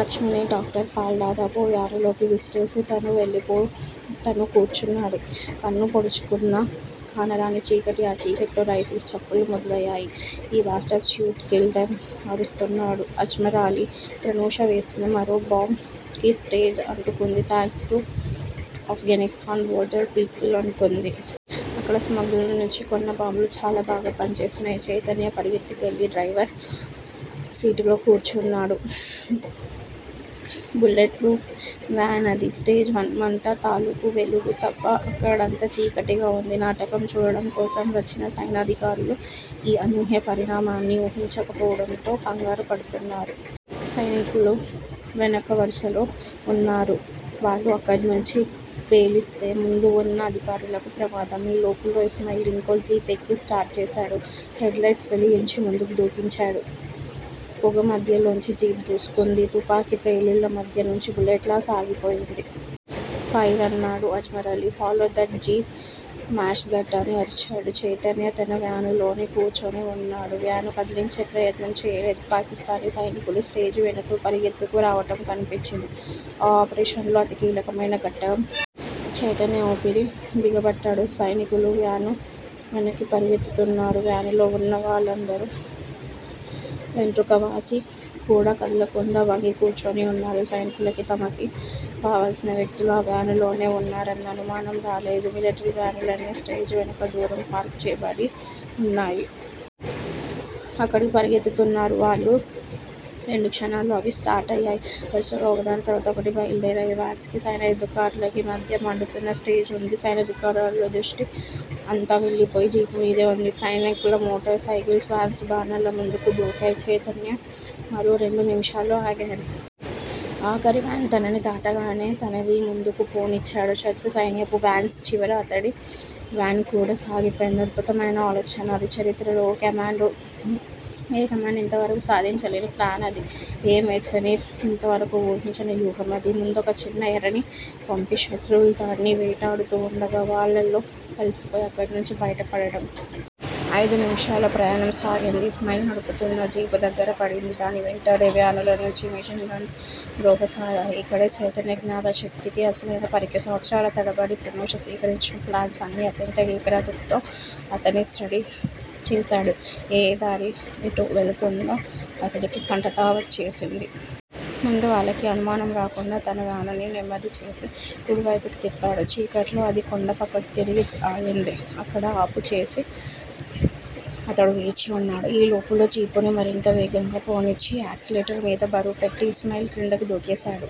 లక్ష్మిని doctor Paul దాదాపు వ్యానులోకి విసిరేసి తనూ వెళ్ళి కూర్చున్నాడు. కన్ను పొడుచుకున్నా కానరాని చీకటి ఆ చీకట్లో రైఫిల్స్ చప్పుళ్ళు మొదలయ్యాయి. You bastards shoot! Kill them అరుస్తున్నాడు అజ్మరాలీ. ప్రనూష వేసిన మరో బాంబ్ కి స్టేజి అంటుకుంది. Thanks to Afghanistan border people అనుకుంది. అక్కడ స్మగ్లర్స్ నుంచి కొన్న బాంబులు చాలా బాగా పనిచేస్తున్నాయి. చైతన్య పరుగెత్తుకువెళ్ళి డ్రైవర్ సీటులో కూర్చున్నాడు. బుల్లెట్ ప్రూఫ్ వ్యాన్ అది. స్టేజీ మంట తాలుకు వెలుగు తప్ప అక్కడంతా చీకటిగా వుంది. నాటకం చూడటం కోసం వచ్చిన సైనికాధికారులు ఈ అనూహ్య పరిణామాన్ని ఊహించకపోవడంతో కంగారుపడుతున్నారు. సైనికులు వెనుక వరుసలో వున్నారు. వాళ్ళు అక్కడినుండి పేలిస్తే ముందువున్న అధికారులకు ప్రమాదం. ఈ లోపులో ఇస్మాయిల్ ఇంకో జీప్ ఎక్కి స్టార్ట్ చేశాడు. హెడ్ లైట్స్ వెలిగించి ముందుకి దూకించాడు. పొగ మధ్యలోంచి జీప్ దూసుకుపోయింది. తుపాకి ప్రేలుళ్ళ మధ్యనుంచి బుల్లెట్ లా సాగిపోయింది. ఫైర్ అన్నాడు Ajmarali follow that jeep smash that అని అరిచాడు. చైతన్య తన వ్యానులోనే కూర్చుని వున్నాడు. వ్యాను కదిలించే ప్రయత్నం చేయలేదు. పాకిస్తానీ సైనికులు స్టేజి వెనక్కు పరుగెత్తుకు రావటం కనిపించింది. ఆ ఆపరేషన్ లో అతి కీలకమైన ఘట్టం చైతన్య ఊపిరి బిగపట్టాడు. సైనికులు వ్యాను వెనక్కి పరుగెత్తుతున్నారు. వ్యానులో వున్న వాళ్ళందరూ వెంట్రుకవాసి కూడా కదలకుండా వంగి కూర్చుని వున్నారు. సైనికులకి తమకి కావల్సిన వ్యక్తులు ఆ వ్యాను లోనే వున్నారన్న అనుమానం రాలేదు. మిలటరీ వ్యానులన్నీ స్టేజి వెనుక దూరంగా పార్క్ చేయబడి వున్నాయి. అక్కడికి పరుగెత్తుతున్నారు వాళ్ళు. రెండు క్షణాల్లో అవి స్టార్ట్ అయ్యాయి. వరుసగా ఒకదాని తరువాత ఒకటి బయల్దేరాయి. వ్యాన్స్ కీ, సైనికాధికులకీ మధ్య మండుతున్న స్టేజివుంది. సైనికాధికారుల దృష్టి అంతా వెళ్ళిపోయిన జీపుమీదే వుంది. సైనికుల మోటార్ సైకిల్సూ, వ్యాన్సూ బాణాల్లా ముందుకు దూకాయి. చైతన్య మరో రెండు నిమిషాలు ఆగాడు. ఆఖరి వ్యాను తనని దాటగానే, తనదీ ముందుకు పోనిచ్చాడు. శత్రు సైన్యపు వ్యాన్స్ చివర అతడి వ్యానుకూడా సాగిపోయింది. అద్భుతమైన ఆలోచన అది. చరిత్రలో ఏ కమాండో ఇంతవరకూ సాధించలేని 'ప్లాన్' అది. ఏ మెర్సనీర్ ఇంతవరకూ వూహించని వ్యూహం అది. ముందొక చిన్న ఎరని పంపి, శత్రువులు దాన్ని వేటాడుతూ వుండగా వాళ్ళలో కలిసిపోయి అక్కడనుంచి బయటపడటం! అయిదు నిమిషాల ప్రయాణం సాగింది. ఇస్మాయిల్ నడుపుతున్న జీపు దగ్గర పడింది. దాన్ని వెంటాడే వ్యానులనుంచి మెషిన్ గన్స్ మ్రోగసాగాయి. ఇక్కడే చైతన్య జ్ఞాపకశక్తికి అసలైన పరీక్ష! సంవత్సరాల తరబడి ప్రనూష సేకరించిన ప్లాన్స్ అన్నీ అత్యంత ఏకాగ్రతతో అతను స్టడీ చేశాడు. ఏయే దారి ఎటు వెళుతుందో అతడికి కంఠతా వచ్చేసింది. ముందు వాళ్ళకి అనుమానం రాకుండా తన వ్యానుని నెమ్మది చేసి, కుడివైపుకి తిప్పాడు. చీకట్లో అది కొండ పక్కకి తిరిగి ఆగింది. అక్కడ ఆపుచేసి అతడు వేచి వున్నాడు. ఈ లోపులో జీపుని మరింత వేగంగా పోనిచ్చి, ఆక్సిలేటర్ మీద బరువుపెట్టి ఇస్మాయిల్ క్రిందకు దూకేశాడు.